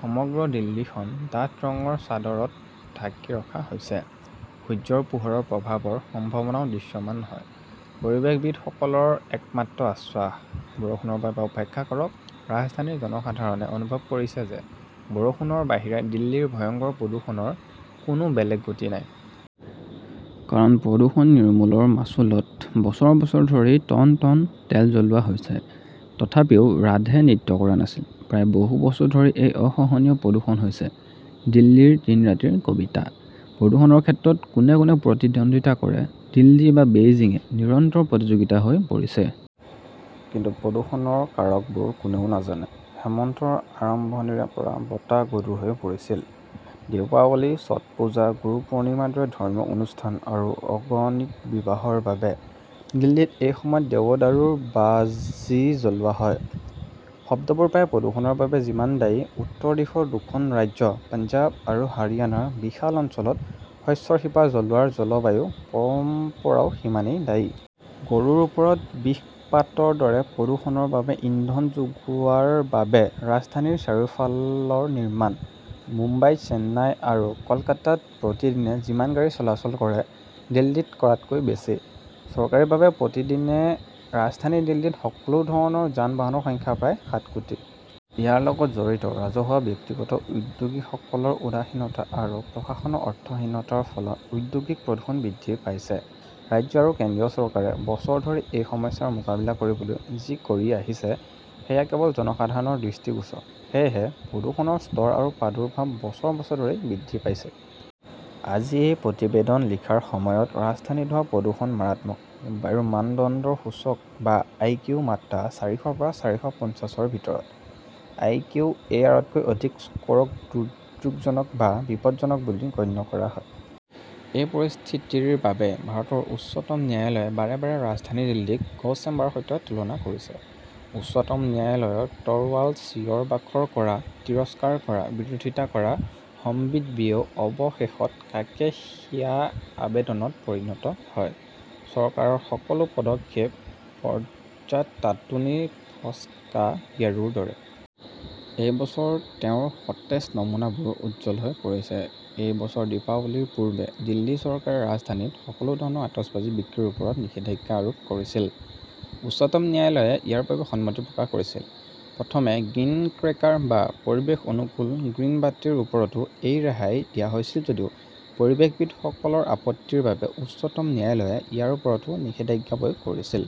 সমগ্ৰ দিল্লীখন ডাঠ ৰঙৰ চাদৰত ঢাকি ৰখা হৈছে। সূৰ্যৰ পোহৰৰ প্ৰভাৱৰ সম্ভাৱনাও দৃশ্যমান নহয়। পৰিৱেশবিদসকলৰ একমাত্ৰ আশ্বাস। বৰষুণৰ বাবে অপেক্ষা কৰক। ৰাজধানীৰ জনসাধাৰণে অনুভৱ কৰিছে যে বৰষুণৰ বাহিৰে দিল্লীৰ ভয়ংকৰ প্ৰদূষণৰ কোনো বেলেগ গতি নাই। কাৰণ প্ৰদূষণ নিৰ্মূলৰ মাচুলত বছৰ বছৰ ধৰি টন টন তেল জ্বলোৱা হৈছে। তথাপিও ৰাধে নৃত্য কৰা নাছিল! প্ৰায় বহু বছৰ ধৰি এই অসহনীয় প্ৰদূষণ হৈছে দিল্লীৰ দিন ৰাতিৰ কবিতা। প্ৰদূষণৰ ক্ষেত্ৰত কোনে কোনে প্ৰতিদ্বন্দিতা কৰে দিল্লী বা বেইজিঙে নিৰন্তৰ প্ৰতিযোগিতা হৈ পৰিছে। কিন্তু প্ৰদূষণৰ কাৰকবোৰ কোনেও নাজানে। হেমন্তৰ আৰম্ভণিৰে পৰা বতাহ গধুৰ হৈ পৰিছিল। দীপাৱলী ছট পূজা গুৰুপুৰ্ণিমাৰ দৰে ধৰ্মীয় অনুষ্ঠান আৰু অগণিত বিবাহৰ বাবে দিল্লীত এই সময়ত দেৱদাৰুৰ বাজি জ্বলোৱা হয়। শব্দবোৰ বায়ু প্ৰদূষণৰ বাবে যিমান দায়ী উত্তৰ দিশৰ দুখন ৰাজ্য পঞ্জাৱ আৰু হাৰিয়ানাৰ বিশাল অঞ্চলত শস্যৰ শিপা জ্বলোৱাৰ জলবায়ু পৰম্পৰাও সিমানেই দায়ী। গৰুৰ ওপৰত বিষপাতৰ দৰে প্ৰদূষণৰ বাবে ইন্ধন যোগোৱাৰ বাবে ৰাজধানীৰ চাৰিফালৰ নিৰ্মাণ। মুম্বাই চেন্নাই আৰু কলকাতাত প্ৰতিদিনে যিমান গাড়ী চলাচল কৰে দিল্লীত কৰাতকৈ বেছি। চৰকাৰীভাৱে প্ৰতিদিনে ৰাজধানী দিল্লীত সকলো ধৰণৰ যান বাহনৰ সংখ্যা প্ৰায় সাত কোটি। ইয়াৰ লগত জড়িত ৰাজহুৱা ব্যক্তিগত উদ্যোগীসকলৰ উদাসীনতা আৰু প্ৰশাসনৰ অৰ্থহীনতাৰ ফলত ঔদ্যোগিক প্ৰদূষণ বৃদ্ধি পাইছে। ৰাজ্য আৰু কেন্দ্ৰীয় চৰকাৰে বছৰ ধৰি এই সমস্যাৰ মোকাবিলা কৰিবলৈ যি কৰি আহিছে সেয়া কেৱল জনসাধাৰণৰ দৃষ্টিগোচৰ। সেয়েহে প্ৰদূষণৰ স্তৰ আৰু প্ৰাদুৰ্ভাৱ বছৰ বছৰ ধৰি বৃদ্ধি পাইছে। আজি এই প্ৰতিবেদন লিখাৰ সময়ত ৰাজধানীত হোৱা প্ৰদূষণ মাৰাত্মক। বায়ুৰ মানদণ্ডৰ সূচক বা আইকিউ মাত্ৰা চাৰিশৰ পৰা চাৰিশ পঞ্চাশৰ ভিতৰত! আই কিউ এ আৰ তকৈ অধিক স্ক'ৰক দুৰ্যোগজনক বা বিপদজনক বুলি গণ্য কৰা হয়। এই পৰিস্থিতিৰ বাবে ভাৰতৰ উচ্চতম ন্যায়ালয়ে বাৰে বাৰে ৰাজধানী দিল্লীক গছ চেম্বাৰ ৰ সৈতে তুলনা কৰিছে। উচ্চতম ন্যায়ালয়ৰ তৰোৱাল চিঞৰ বাখৰ কৰা তিৰস্কাৰ কৰা বিৰোধিতা কৰা হম্বিতম্বিয়েও অৱশেষত কাকেশিয়া আবেদনত পৰিণত হয়। চৰকাৰৰ সকলো পদক্ষেপ বজ্ৰা টাটুনি ফস্কা গেৰোৰ দৰে! এই বছৰ তেওঁৰ সতেজ নমুনাবোৰ উজ্জ্বল হৈ পৰিছে। এই বছৰ দীপাৱলীৰ পূৰ্বে দিল্লী চৰকাৰে ৰাজধানীত সকলো ধৰণৰ আতচবাজী বিক্ৰীৰ ওপৰত নিষেধাজ্ঞা আৰোপ কৰিছিল। উচ্চতম ন্যায়ালয়ে ইয়াৰ বাবে সন্মতি প্ৰকাশ কৰিছিল। প্ৰথমে গ্ৰীণ ক্ৰেকাৰ বা পৰিৱেশ অনুকূল গ্ৰীণ বাটিৰ ওপৰতো এই ৰেহাই দিয়া হৈছিল যদিও পৰিৱেশবিদসকলৰ আপত্তিৰ বাবে উচ্চতম ন্যায়ালয়ে ইয়াৰ ওপৰতো নিষেধাজ্ঞা গ্ৰহণ কৰিছিল।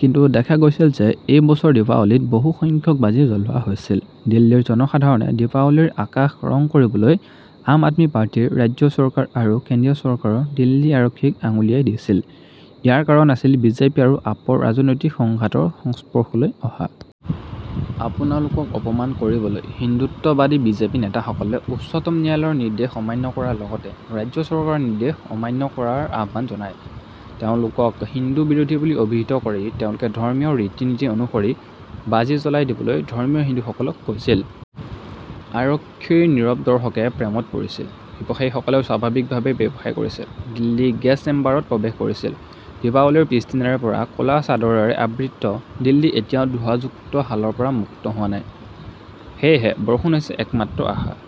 কিন্তু দেখা গৈছে যে এই বছৰ দীপাৱলীত বহু সংখ্যক বাজি জ্বলোৱা হৈছিল। দিল্লীৰ জনসাধাৰণে দীপাৱলীৰ আকাশ ৰং কৰিবলৈ আম আদমি পাৰ্টিৰ ৰাজ্য চৰকাৰ আৰু কেন্দ্ৰীয় চৰকাৰৰ দিল্লী আৰক্ষীক আঙুলিয়াই দিছিল। ইয়াৰ কাৰণ আছিল বিজেপি আৰু আপৰ ৰাজনৈতিক সংঘাতৰ সংস্পৰ্শলৈ অহা। আপোনালোকক অপমান কৰিবলৈ হিন্দুত্ববাদী বিজেপি নেতাসকলে উচ্চতম ন্যায়ালয়ৰ নিৰ্দেশ অমান্য কৰাৰ লগতে ৰাজ্য চৰকাৰৰ নিৰ্দেশ অমান্য কৰাৰ আহ্বান জনায়। তেওঁলোকক হিন্দু বিৰোধী বুলি অভিহিত কৰি তেওঁলোকে ধৰ্মীয় ৰীতি নীতি অনুসৰি বাজি জ্বলাই দিবলৈ ধৰ্মীয় হিন্দুসকলক কৈছিল। আৰক্ষীৰ নীৰৱ দৰ্শকে প্ৰেমত পৰিছিল। ব্যৱসায়ীসকলেও স্বাভাৱিকভাৱেই ব্যৱসায় কৰিছিল। দিল্লী গেছ চেম্বাৰত প্ৰৱেশ কৰিছিল। দীপাৱলীৰ পিছদিনাৰে পৰা ক'লা চাদৰেৰে আবৃত দিল্লী এতিয়াও ধোঁৱাযুক্ত হালৰ পৰা মুক্ত হোৱা নাই। সেয়েহে বৰষুণ হৈছে একমাত্ৰ আশা।